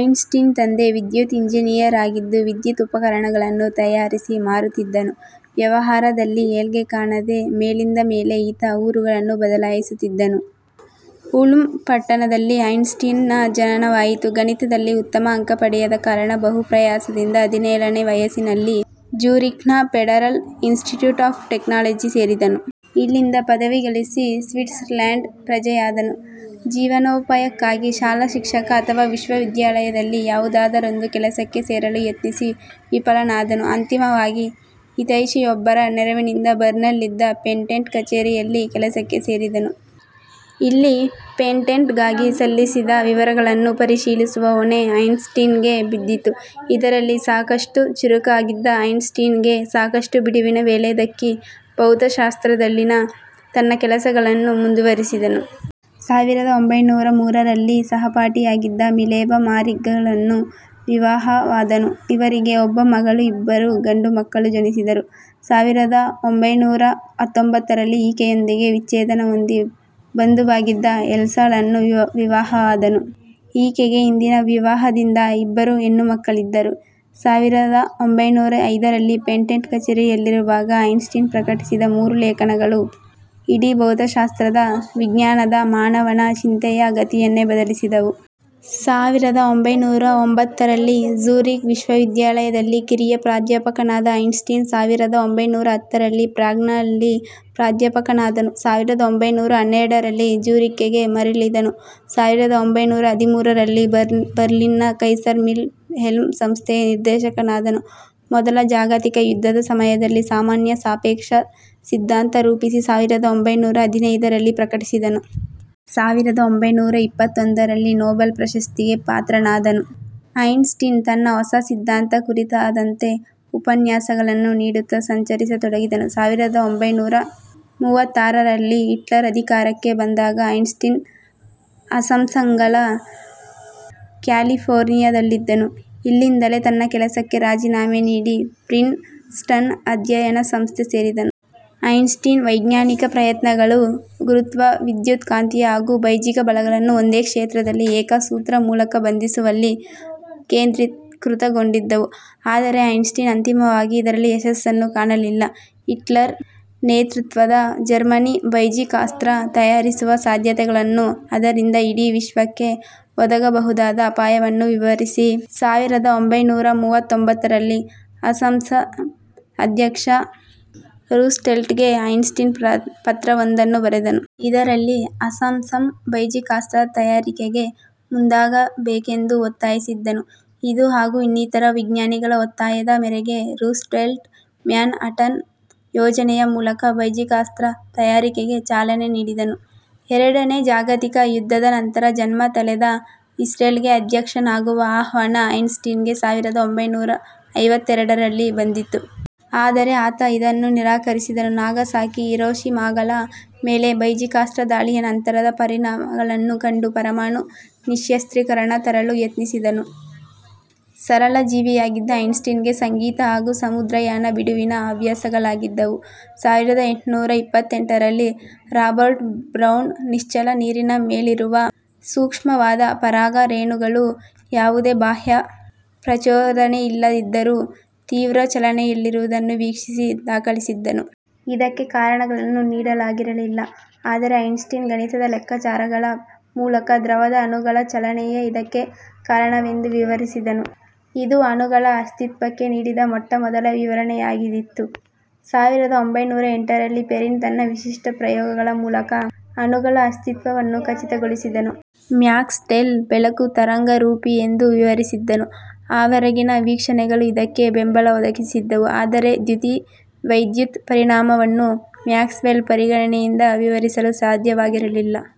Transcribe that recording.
ಐನ್ ಸ್ಟೀನ್ ತಂದೆ ವಿದ್ಯುತ್ ಇಂಜಿನಿಯರ್ ಆಗಿದ್ದು ವಿದ್ಯುತ್ ಉಪಕರಣಗಳನ್ನು ತಯಾರಿಸಿ ಮಾರುತ್ತಿದ್ದನು. ವ್ಯವಹಾರದಲ್ಲಿ ಏಳ್ಗೆ ಕಾಣದೆ, ಮೇಲಿಂದ ಮೇಲೆ ಈತ ಊರುಗಳನ್ನು ಬದಲಾಯಿಸುತ್ತಿದ್ದನು. ಉಲ್ಮ್ ಪಟ್ಟಣದಲ್ಲಿ ಐನ್ಸ್ ಟೀನ್ನ ಜನನವಾಯಿತು. ಗಣಿತದಲ್ಲಿ ಉತ್ತಮ ಅಂಕ ಪಡೆಯದ ಕಾರಣ, ಬಹು ಪ್ರಯಾಸದಿಂದ ಹದಿನೇಳನೇ ವಯಸ್ಸಿನಲ್ಲಿ ಝೂರಿಕ್ನ ಫೆಡರಲ್ ಇನ್ಸ್ಟಿಟ್ಯೂಟ್ ಆಫ್ ಟೆಕ್ನಾಲಜಿ ಸೇರಿದನು. ಇಲ್ಲಿಂದ ಪದವಿ ಗಳಿಸಿ ಸ್ವಿಟ್ಸರ್ಲ್ಯಾಂಡ್ ಪ್ರಜೆಯಾದನು. ಜೀವನೋಪಾಯಕ್ಕಾಗಿ ಶಾಲಾ ಶಿಕ್ಷಕ ಅಥವಾ ವಿಶ್ವವಿದ್ಯಾಲಯದಲ್ಲಿ ಯಾವುದಾದರೊಂದು ಕೆಲಸಕ್ಕೆ ಸೇರಲು ಯತ್ನಿಸಿ ವಿಫಲನಾದನು. ಅಂತಿಮವಾಗಿ ಹಿತೈಷಿಯೊಬ್ಬರ ನೆರವಿನಿಂದ ಬರ್ನ್ನಲ್ಲಿದ್ದ ಪೇಟೆಂಟ್ ಕಛೇರಿಯಲ್ಲಿ ಕೆಲಸಕ್ಕೆ ಸೇರಿದನು. ಇಲ್ಲಿ ಪೇಟೆಂಟ್ಗಾಗಿ ಸಲ್ಲಿಸಿದ ವಿವರಗಳನ್ನು ಪರಿಶೀಲಿಸುವ ಹೊಣೆ ಐನ್ಸ್ ಟೀನ್ಗೆ ಬಿದ್ದಿತು. ಇದರಲ್ಲಿ ಸಾಕಷ್ಟು ಚುರುಕಾಗಿದ್ದ ಐನ್ಸ್ ಟೀನ್ಗೆ ಸಾಕಷ್ಟು ಬಿಡುವಿನ ವೇಳೆ ದಕ್ಕಿ ಭೌತಶಾಸ್ತ್ರದಲ್ಲಿನ ತನ್ನ ಕೆಲಸಗಳನ್ನು ಮುಂದುವರೆಸಿದನು. ಸಾವಿರದ ಒಂಭೈನೂರ ಮೂರರಲ್ಲಿ ಸಹಪಾಠಿಯಾಗಿದ್ದ ಮಿಲೆವಾ ಮಾರಿಕ್ಗಳನ್ನು ವಿವಾಹವಾದನು. ಇವರಿಗೆ ಒಬ್ಬ ಮಗಳು, ಇಬ್ಬರು ಗಂಡು ಮಕ್ಕಳು ಜನಿಸಿದರು. ಸಾವಿರದ ಒಂಭೈನೂರ ಹತ್ತೊಂಬತ್ತರಲ್ಲಿ ಈಕೆಯೊಂದಿಗೆ ವಿಚ್ಛೇದನ ಹೊಂದಿ, ಬಂಧುವಾಗಿದ್ದ ಎಲ್ಸಾಳನ್ನು ವಿವಾಹವಾದನು. ಈಕೆಗೆ ಹಿಂದಿನ ವಿವಾಹದಿಂದ ಇಬ್ಬರು ಹೆಣ್ಣುಮಕ್ಕಳಿದ್ದರು. ಸಾವಿರದ ಒಂಭೈನೂರ ಐದರಲ್ಲಿ ಪೇಟೆಂಟ್ ಕಛೇರಿಯಲ್ಲಿರುವಾಗ ಐನ್ ಸ್ಟೀನ್ ಪ್ರಕಟಿಸಿದ ಮೂರು ಲೇಖನಗಳು ಇಡೀ ಭೌತಶಾಸ್ತ್ರದ, ವಿಜ್ಞಾನದ, ಮಾನವನ ಚಿಂತನೆಯ ಗತಿಯನ್ನೇ ಬದಲಿಸಿದವು. ಸಾವಿರದ ಒಂಭೈನೂರ ಒಂಭತ್ತರಲ್ಲಿ ಝೂರಿಕ್ ವಿಶ್ವವಿದ್ಯಾಲಯದಲ್ಲಿ ಕಿರಿಯ ಪ್ರಾಧ್ಯಾಪಕನಾದ ಐನ್ ಸ್ಟೀನ್ ಸಾವಿರದ ಒಂಭೈನೂರ ಹತ್ತರಲ್ಲಿ ಪ್ರಾಗ್ನಲ್ಲಿ ಪ್ರಾಧ್ಯಾಪಕನಾದನು. ಸಾವಿರದ ಒಂಭೈನೂರ ಹನ್ನೆರಡರಲ್ಲಿ ಝೂರಿಕ್ಗೆ ಮರಳಿದನು. ಸಾವಿರದ ಒಂಭೈನೂರ ಹದಿಮೂರರಲ್ಲಿ ಬರ್ಲಿನ್ನ ಕೈಸರ್ ವಿಲ್ ಹೆಲ್ಮ್ ಸಂಸ್ಥೆಯ ನಿರ್ದೇಶಕನಾದನು. ಮೊದಲ ಜಾಗತಿಕ ಯುದ್ಧದ ಸಮಯದಲ್ಲಿ ಸಾಮಾನ್ಯ ಸಾಪೇಕ್ಷ ಸಿದ್ಧಾಂತ ರೂಪಿಸಿ ಸಾವಿರದ ಒಂಭೈನೂರ ಹದಿನೈದರಲ್ಲಿ ಪ್ರಕಟಿಸಿದನು. ಸಾವಿರದ ಒಂಭೈನೂರ ಇಪ್ಪತ್ತೊಂದರಲ್ಲಿ ನೊಬೆಲ್ ಪ್ರಶಸ್ತಿಗೆ ಪಾತ್ರನಾದನು. ಐನ್ ಸ್ಟೀನ್, ತನ್ನ ಹೊಸ ಸಿದ್ಧಾಂತ ಕುರಿತಾದಂತೆ ಉಪನ್ಯಾಸಗಳನ್ನು ನೀಡುತ್ತಾ ಸಂಚರಿಸತೊಡಗಿದನು. ಸಾವಿರದ ಒಂಭೈನೂರ ಮೂವತ್ಮೂರರಲ್ಲಿ ಹಿಟ್ಲರ್ ಅಧಿಕಾರಕ್ಕೆ ಬಂದಾಗ ಐನ್ ಸ್ಟೀನ್ ಅಸಂಸಂಗಳ ಕ್ಯಾಲಿಫೋರ್ನಿಯಾದಲ್ಲಿದ್ದನು. ಇಲ್ಲಿಂದಲೇ ತನ್ನ ಕೆಲಸಕ್ಕೆ ರಾಜಿನಾಮೆ ನೀಡಿ, ಪ್ರಿನ್ ಸ್ಟನ್ನ ಅಧ್ಯಯನ ಸಂಸ್ಥೆ ಸೇರಿದನು. ಐನ್ ಸ್ಟೀನ್ನ ವೈಜ್ಞಾನಿಕ ಪ್ರಯತ್ನಗಳು ಗುರುತ್ವ, ವೈದ್ಯುತ್ ಕಾಂತೀಯ ಹಾಗೂ ಬೈಜಿಕ ಬಲಗಳನ್ನು ಒಂದೇ ಕ್ಷೇತ್ರದಲ್ಲಿ ಏಕ ಸೂತ್ರದ ಮೂಲಕ ಬಂಧಿಸುವಲ್ಲಿ ಕೇಂದ್ರಿಕೃತಗೊಂಡಿದ್ದವು. ಆದರೆ ಐನ್ಸ್ಟೀನ್ ಅಂತಿಮವಾಗಿ ಇದರಲ್ಲಿ ಯಶಸ್ಸನ್ನು ಕಾಣಲಿಲ್ಲ. ಹಿಟ್ಲರ್ ನೇತೃತ್ವದ ಜರ್ಮನಿ ಬೈಜಿಕಾಸ್ತ್ರ ತಯಾರಿಸುವ ಸಾಧ್ಯತೆಗಳನ್ನು ಅದರಿಂದ ಇಡೀ ವಿಶ್ವಕ್ಕೆ ಒದಗಬಹುದಾದ ಅಪಾಯವನ್ನು ವಿವರಿಸಿ, ಸಾವಿರದ ಒಂಭೈನೂರ ಮೂವತೊಂಬತ್ತರಲ್ಲಿ ಅಸಂಸಂ ಅಧ್ಯಕ್ಷ ರೂಸ್ವೆಲ್ಟ್ ಗೆ ಐನ್ ಸ್ಟೀನ್ ಪತ್ರವೊಂದನ್ನು ಬರೆದನು. ಇದರಲ್ಲಿ ಅಸಂಸಂ ಬೈಜಿಕಾಸ್ತ್ರ ತಯಾರಿಕೆಗೆ ಮುಂದಾಗಬೇಕೆಂದು ಒತ್ತಾಯಿಸಿದ್ದನು. ಇದು ಹಾಗೂ ಇನ್ನಿತರ ವಿಜ್ಞಾನಿಗಳ ಒತ್ತಾಯದ ಮೇರೆಗೆ ರೂಸ್ವೆಲ್ಟ್ ಮ್ಯಾನ್ ಹಟನ್ ಯೋಜನೆಯ ಮೂಲಕ ಬೈಜಿಕಾಸ್ತ್ರ ತಯಾರಿಕೆಗೆ ಚಾಲನೆ ನೀಡಿದನು. ಎರಡನೇ ಜಾಗತಿಕ ಯುದ್ದದ ನಂತರ ಜನ್ಮ ತಳೆದ ಇಸ್ರೇಲ್ಗೆ ಅಧ್ಯಕ್ಷನಾಗುವ ಆಹ್ವಾನ ಐನ್ ಸ್ಟೀನ್ಗೆ ಸಾವಿರದ ಒಂಭೈನೂರ ಐವತ್ತೆರಡರಲ್ಲಿ ಬಂದಿತು. ಆದರೆ ಆತ ಇದನ್ನು ನಿರಾಕರಸಿದನು. ನಾಗಸಾಕಿ, ಹಿರೋಷಿಮಾಗಳ ಮೇಲೆ ಬೈಜಿಕಾಸ್ತ್ರ ದಾಳಿಯ ನಂತರದ ಪರಿಣಾಮಗಳನ್ನು ಕಂಡು ಪರಮಾಣು ನಿಶ್ಯಸ್ತ್ರೀಕರಣ ತರಲು ಯತ್ನಿಸಿದನು. ಸರಳ ಜೀವಿಯಾಗಿದ್ದ ಐನ್ ಸ್ಟೀನ್ ಗೆ ಸಂಗೀತ ಹಾಗೂ ಸಮುದ್ರಯಾನ ಬಿಡುವಿನ ಹವ್ಯಾಸಗಳಾಗಿದ್ದವು. ಸಾವಿರದ ಎಂಟು ನೂರ ಇಪ್ಪತ್ತೆಂಟರಲ್ಲಿ ರಾಬರ್ಟ್ ಬ್ರೌನ್, ನಿಶ್ಚಲ ನೀರಿನ ಮೇಲಿರುವ ಸೂಕ್ಷ್ಮವಾದ ಪರಾಗ ರೇಣುಗಳು ಯಾವುದೇ ಬಾಹ್ಯ ಪ್ರಚೋದನೆಯಿಲ್ಲದಿದ್ದರೂ, ತೀವ್ರ ಚಲನೆಯಲ್ಲಿರುವುದನ್ನು ವೀಕ್ಷಿಸಿ ದಾಖಲಿಸಿದ್ದನು. ಇದಕ್ಕೆ ಕಾರಣಗಳನ್ನು ನೀಡಲಾಗಿರಲಿಲ್ಲ.. ಆದರೆ ಐನ್ ಸ್ಟೀನ್ ಗಣಿತದ ಲೆಕ್ಕಾಚಾರಗಳ ಮೂಲಕ ದ್ರವದ ಅಣುಗಳ ಚಲನೆಯೇ ಇದಕ್ಕೆ ಕಾರಣವೆಂದು ವಿವರಿಸಿದನು. ಇದು ಅಣುಗಳ ಅಸ್ತಿತ್ವಕ್ಕೆ ನೀಡಿದ ಮೊಟ್ಟ ಮೊದಲ ವಿವರಣೆಯಾಗಿದ್ದಿತು. ಸಾವಿರದ ಒಂಭೈನೂರ ಎಂಟರಲ್ಲಿ ಪೆರಿನ್ ತನ್ನ ವಿಶಿಷ್ಟ ಪ್ರಯೋಗಗಳ ಮೂಲಕ ಅಣುಗಳ ಅಸ್ತಿತ್ವವನ್ನು ಖಚಿತಗೊಳಿಸಿದನು. ಮ್ಯಾಕ್ ಸ್ವೆಲ್ ಬೆಳಕು ತರಂಗರೂಪಿಯೆಂದು ವಿವರಿಸಿದ್ದನು. ಆವರೆಗಿನ ವೀಕ್ಷಣೆಗಳು ಇದಕ್ಕೆ ಬೆಂಬಲ ಒದಗಿಸಿದ್ದವು. ಆದರೆ ದ್ಯುತಿವೈದ್ಯುತ್ ಪರಿಣಾಮವನ್ನು ಮ್ಯಾಕ್ಸ್'ವೆಲ್ ಪರಿಗಣನೆಯಿಂದ ವಿವರಿಸಲು ಸಾಧ್ಯವಾಗಿರಲಿಲ್ಲ,.